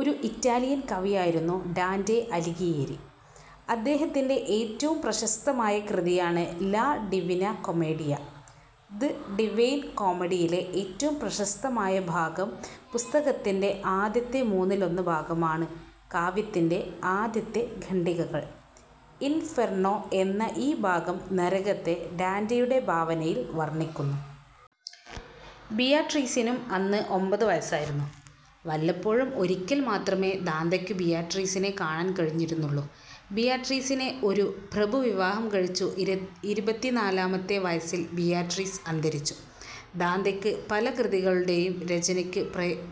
ഒരു ഇറ്റാലിയൻ കവിയായിരുന്നു ഡാന്റെ അലിഘിയേരി. അദ്ദേഹത്തിന്റെ ഏറ്റവും പ്രശസ്തമായ കൃതിയാണ് ലാ ഡിവിനാ കൊമേഡിയ. ദ് ഡൈവൈൻ കോമഡിയിലെ ഏറ്റവും പ്രശസ്തമായ ഭാഗം പുസ്തകത്തിന്റെ ആദ്യത്തെ മൂന്നിലൊന്ന് ഭാഗമാണ് കാവ്യത്തിന്റെ ആദ്യത്തെ ഖണ്ഡികകൾ. ഇൻഫെർണ്ണോ എന്ന ഈ ഭാഗം നരകത്തെ ഡാന്റെയുടെ ഭാവനയിൽ വർണ്ണിക്കുന്നു. ബിയാട്രീസിനും അന്ന് ഒമ്പതുവയസ്സായിരുന്നു. വല്ലപ്പോഴും ഒരിക്കൽ മാത്രമേ ദാന്തെയ്ക്കു ബിയാട്രീസിനെ കാണാൻ കഴിഞ്ഞിരുന്നുള്ളൂ. ബിയാട്രീസിനെ ഒരു പ്രഭു വിവാഹം കഴിച്ചു. ഇരുപത്തിനാലാമത്തെ വയസ്സിൽ ബിയാട്രീസ് അന്തരിച്ചു. ദാന്തെയ്ക്ക് പല കൃതികളുടെയും രചനയ്ക്കു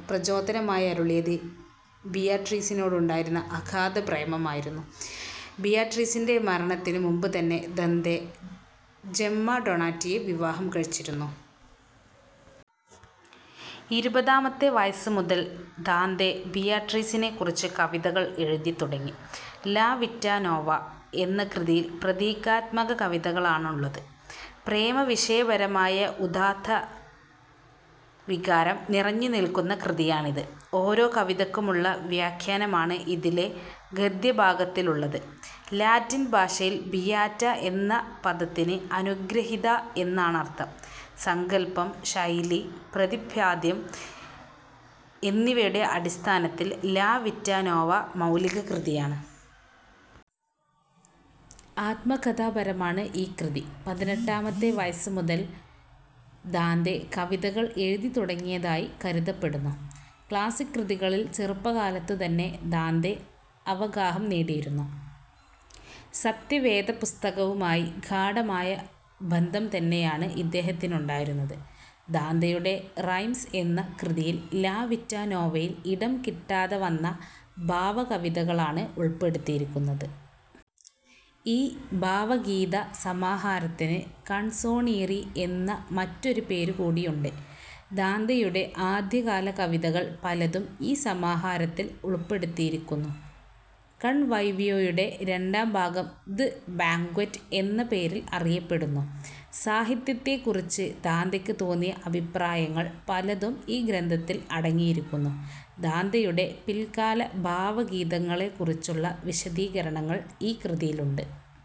പ്രചോദമനമരുളിയത് ബിയാട്രീസിനോടുണ്ടായിരുന്നു അഗാധ പ്രേമമായിരുന്നു. ബിയാട്രീസിന്റെ മരണത്തിനു മുമ്പുതന്നെ ദാന്തെ ജെമ്മാ ഡൊണാറ്റിയെ വിവാഹം കഴിച്ചിരുന്നു. ഇരുപതാമത്തെ വയസ്സുമുതൽ ദാന്തെ ബിയാട്രീസിനെക്കുറിച്ച് കവിതകൾ എഴുതിത്തുടങ്ങി. ലാ വിറ്റാ നോവ എന്ന കൃതിയിൽ പ്രതീകാത്മക കവിതകളാണുള്ളത്. പ്രേമവിഷയപരമായ ഉദാത്തവികാരം നിറഞ്ഞുനില്ക്കുന്ന കൃതിയാണിത്. ഓരോ കവിതയ്ക്കുമുള്ള വ്യാഖ്യാനമാണ് ഇതിലെ ഗദ്യഭാഗത്തിലുള്ളത്. ലാറ്റിൻ ഭാഷയിൽ 'ബിയാറ്റ' എന്ന പദത്തിന് 'അനുഗൃഹിത' എന്നാണർഥം. സങ്കല്പം, ശൈലി, പ്രതിപാദ്യം എന്നിവയുടെ അടിസ്ഥാനത്തിൽ ലാ വിറ്റാ നോവ മൗലിക കൃതിയാണ്. ആത്മകഥാപരമാണ് ഈ കൃതി. പതിനെട്ടാമത്തെ വയസ്സു മുതൽ ദാന്തെ കവിതകൾ എഴുതിത്തുടങ്ങിയതായി കരുതപ്പെടുന്നു. ക്ലാസ്സിക് കൃതികളിൽ ചെറുപ്പകാലത്തുതന്നെ ദാന്തെ അവഗാഹം നേടിയിരുന്നു. 'സത്യവേദപുസ്തക'വുമായി ഗാഢമായ ബന്ധംതന്നെയാണ് ഇദ്ദേഹത്തിനുണ്ടായിരുന്നത്. ദാന്തെയുടെ റൈംസ് എന്ന കൃതിയിൽ ലാ വിറ്റാ നോവയിൽ ഇടം കിട്ടാതെവന്ന ഭാവ കവിതകളാണ് ഉൾ പ്പെടുത്തിയിരിക്കുന്നത്. ഈ ഭാവഗീതസമാഹാരത്തിന് കൺസോണീറി എന്ന മറ്റൊരു പേരുകൂടിയുണ്ട്. ദാന്തെയുടെ ആദ്യകാല കവിതകൾ പലതും ഈ സമാഹാരത്തിൽ ഉൾ പ്പെടുത്തിയിരിക്കുന്നു. കൺവൈവ്യോ യുടെ രണ്ടാംഭാഗം ദ് ബാങ്ക്വറ്റ് എന്ന പേരിൽ അറിയപ്പെടുന്നു. സാഹിത്യത്തെക്കുറിച്ച് ദാന്തെയ്ക്കു തോന്നിയ അഭിപ്രായങ്ങൾ പലതും ഈ ഗ്രന്ഥത്തിൽ അടങ്ങിയിരിക്കുന്നു. ദാന്തെയുടെ പില്ക്കാല ഭാവഗീതങ്ങളെക്കുറിച്ചുള്ള വിശദീകരണങ്ങൾ ഈ കൃതിയിലുണ്ട്.